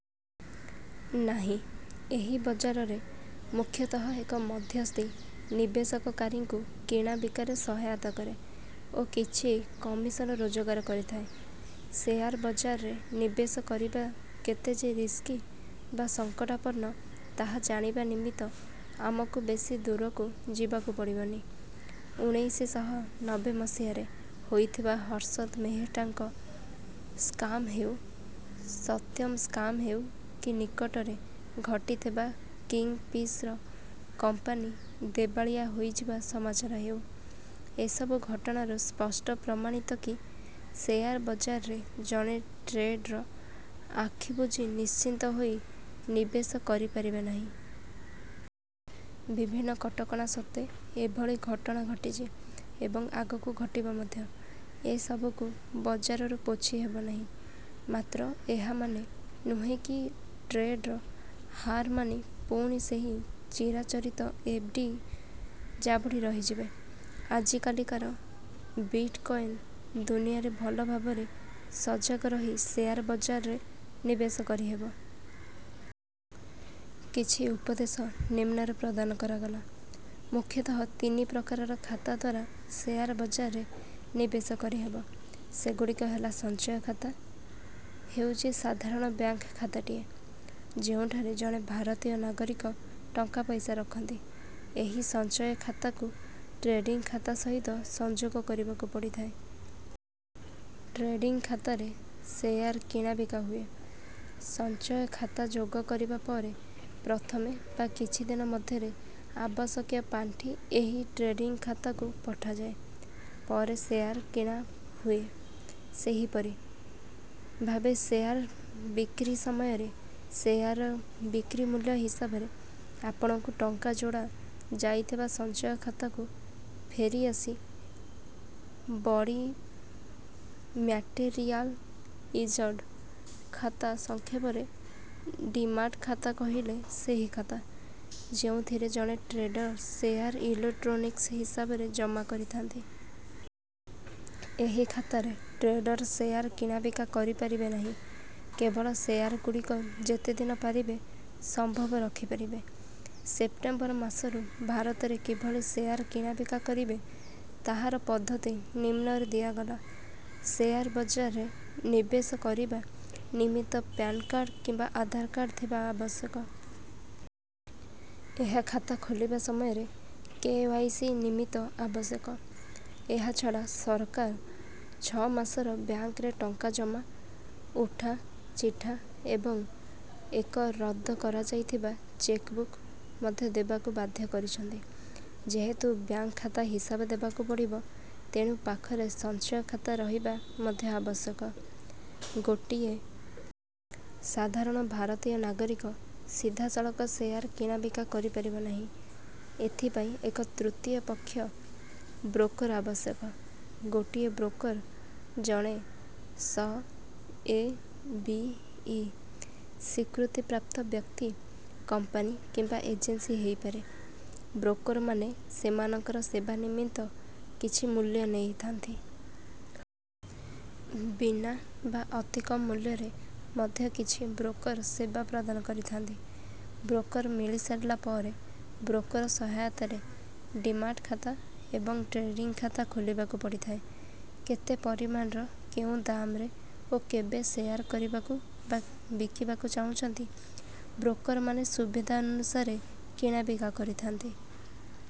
ନାହିଁ। ଏହି ବଜାରରେ ମୁଖ୍ୟତଃ ଏକ ମଧ୍ୟସ୍ଥି ନିବେଶକାରୀଙ୍କୁ କିଣାବିକାରେ ସହାୟତା କରେ ଓ କିଛି କମିଶନ ରୋଜଗାର କରିଥାଏ। ଶେୟାର ବଜାରରେ ନିବେଶ କରିବା କେତେଯେ ରିସ୍କି ବା ସଙ୍କଟାପନ୍ନ, ତାହା ଜାଣିବା ନିମିତ୍ତ ଆମକୁ ବେଶୀ ଦୂରକୁ ଯିବାକୁ ପଡ଼ିବନି। ଉଣେଇଶି ଶହ ନବେ ମସିହା ରେ ହୋଇଥିବା ହର୍ଷଦ ମେହେଟ୍ଟା ସ୍କାମ୍‌ ହେଉ, ସତ୍ୟମ୍‌ ସ୍କାମ୍‌ ହେଉ, କି ନିକଟରେ ଘଟିଥିବା କିଙ୍ଗଫିସର କମ୍ପାନୀ ଦେବାଳିଆ ହୋଇଯିବା ସମାଚାର ହେଉ, ଏସବୁ ଘଟଣାରୁ ସ୍ପଷ୍ଟ ପ୍ରମାଣିତ କି ଶେୟାର ବଜାରରେ ଜଣେ ଟ୍ରେଡର ଆଖିବୁଜି ନିଶ୍ଚିନ୍ତ ହୋଇ ନିବେଶ କରିପାରିବେ ନାହିଁ। ବିଭିନ୍ନ କଟକଣା ସତ୍ତ୍ୱେ ଏଭଳି ଘଟଣା ଘଟିଛି ଏବଂ ଆଗକୁ ଘଟିବ ମଧ୍ୟ, ଏସବୁକୁ ବଜାରରୁ ପୋଛି ହେବନାହିଁ। ମାତ୍ର ଏହାର ମାନେ ନୁହେଁ କି ଟ୍ରେଡର ହାର ମାନି ପୁଣି ସେହି ଚିରାଚରିତ ଏଫ୍‌ଡି ଜାବୁଡ଼ି ରହିଯିବେ। ଆଜିକାଲିକାର ବିଟ୍‌କଏନ୍‌ ଦୁନିଆରେ ଭଲ ଭାବରେ ସଜାଗ ରହି ଶେୟାର ବଜାରରେ ନିବେଶ କରିହେବ। କିଛି ଉପଦେଶ ନିମ୍ନରେ ପ୍ରଦାନ କରାଗଲା। ମୁଖ୍ୟତଃ ତିନି ପ୍ରକାରର ଖାତା ଦ୍ୱାରା ଶେୟାର ବଜାରରେ ନିବେଶ କରିହେବ। ସେଗୁଡ଼ିକ ହେଲାସଞ୍ଚୟ ଖାତା ହେଉଛି ସାଧାରଣ ବ୍ୟାଙ୍କ ଖାତାଟିଏ, ଯେଉଁଠାରେ ଜଣେ ଭାରତୀୟ ନାଗରିକ ଟଙ୍କାପଇସା ରଖନ୍ତି। ଏହି ସଞ୍ଚୟ ଖାତାଟିକୁ ଟ୍ରେଡିଂ ଖାତା ସହିତ ସଂଯୋଗ କରିବାକୁ ପଡ଼ିଥାଏ। ଟ୍ରେଡିଂ ଖାତାରେ ଶେୟାର କିଣାବିକା ହୁଏ। ସଞ୍ଚୟ ଖାତା ଯୋଗ କରିବା ପରେ, ପ୍ରଥମେ ବା କିଛି ଦିନ ମଧ୍ୟରେ ଆବଶ୍ୟକୀୟ ପାଣ୍ଠି ଏହି ଟ୍ରେଡିଂ ଖାତାକୁ ପଠାଯାଏ, ପରେ ଶେୟାର କିଣା ହୁଏ। ସେହିପରି ଭାବେ ଶେୟାର ବିକ୍ରି ସମୟରେ ଶେୟାରର ବିକ୍ରି ମୂଲ୍ୟ ହିସାବରେ ଆପଣଙ୍କୁ ଟଙ୍କା ଯୋଡ଼ା ଯାଇଥିବା ସଞ୍ଚୟ ଖାତାକୁ ଫେରିଆସିବଡିମ୍ୟାଟେରିଆଲାଇଜ୍‌ଡ ଖାତା, ସଂକ୍ଷେପରେ ଡିମାଟ୍‌ ଖାତା କହିଲେ ସେହି ଖାତା, ଯେଉଁଥିରେ ଜଣେ ଟ୍ରେଡର ଶେୟାର ଇଲେକ୍ଟ୍ରୋନିକ୍ସ ହିସାବରେ ଜମା କରିଥାନ୍ତି। ଏହି ଖାତାରେ ଟ୍ରେଡର ଶେୟାର କିଣାବିକା କରିପାରିବେ ନାହିଁ; କେବଳ ଶେୟାରଗୁଡ଼ିକ ଯେତେଦିନ ପାରିବେ ସମ୍ଭବ ରଖିପାରିବେ। ସେପ୍ଟେମ୍ବର ମାସରୁ ଭାରତରେ କିଭଳି ଶେୟାର କିଣାବିକା କରିବେ, ତାହାର ପଦ୍ଧତି ନିମ୍ନରେ ଦିଆଗଲାଶେୟାର ବଜାରରେ ନିବେଶ କରିବା ନିମିତ୍ତ ପ୍ୟାନ୍‌ କାର୍ଡ଼ କିମ୍ବା ଆଧାର କାର୍ଡ଼ ଥିବା ଆବଶ୍ୟକ। ଏହା ଖାତା ଖୋଲିବା ସମୟରେ କେ.ୱାଇ.ସି. ନିମିତ୍ତ ଆବଶ୍ୟକ। ଏହାଛଡ଼ା ସରକାର ଛଅ ମାସର ବ୍ୟାଙ୍କରେ ଟଙ୍କା ଜମା-ଉଠା ଚିଠା ଏବଂ ଏକ ରଦ୍ଦ କରାଯାଇଥିବା ଚେକ୍‌ବୁକ୍‌ ମଧ୍ୟ ଦେବାକୁ ବାଧ୍ୟ କରିଛନ୍ତି। ଯେହେତୁ ବ୍ୟାଙ୍କ ଖାତା ହିସାବ ଦେବାକୁ ପଡ଼ିବ, ତେଣୁ ପାଖରେ ସଞ୍ଚୟ ଖାତା ରହିବା ମଧ୍ୟ ଆବଶ୍ୟକ। ଗୋଟିଏ ସାଧାରଣ ଭାରତୀୟ ନାଗରିକ ସିଧାସଳଖ ଶେୟାର କିଣାବିକା କରିପାରିବ ନାହିଁ, ଏଥିପାଇଁ ଏକ ତୃତୀୟ ପକ୍ଷ, ବ୍ରୋକର ଆବଶ୍ୟକ। ଗୋଟିଏ ବ୍ରୋକର ଜଣେ ସ ଏ ବି ଇ ସ୍ୱୀକୃତିପ୍ରାପ୍ତ ବ୍ୟକ୍ତି, କମ୍ପାନୀ କିମ୍ବା ଏଜେନ୍ସି ହୋଇପାରେ। ବ୍ରୋକରମାନେ ସେମାନଙ୍କର ସେବା ନିମିତ୍ତ କିଛି ମୂଲ୍ୟ ନେଇଥାନ୍ତି। ବିନା ବା ଅତିକମ୍‌ ମୂଲ୍ୟରେ ମଧ୍ୟ କିଛି ବ୍ରୋକର ସେବା ପ୍ରଦାନ କରିଥାନ୍ତି। ବ୍ରୋକର ମିଳିସାରିଲା ପରେ ବ୍ରୋକର ସହାୟତାରେ ଡିମାଟ୍‌ ଖାତା ଏବଂ ଟ୍ରେଡିଂ ଖାତା ଖୋଲିବାକୁ ପଡ଼ିଥାଏ। କେତେ ପରିମାଣର, କେଉଁ ଦାମ୍‌ରେ ଓ କେବେ ଶେୟାର କିଣିବାକୁ ବା ବିକିବାକୁ ଚାହୁଁଛନ୍ତି, ବ୍ରୋକରମାନେ ସୁବିଧାନୁସାରେ କିଣାବିକା କରିଥାନ୍ତି।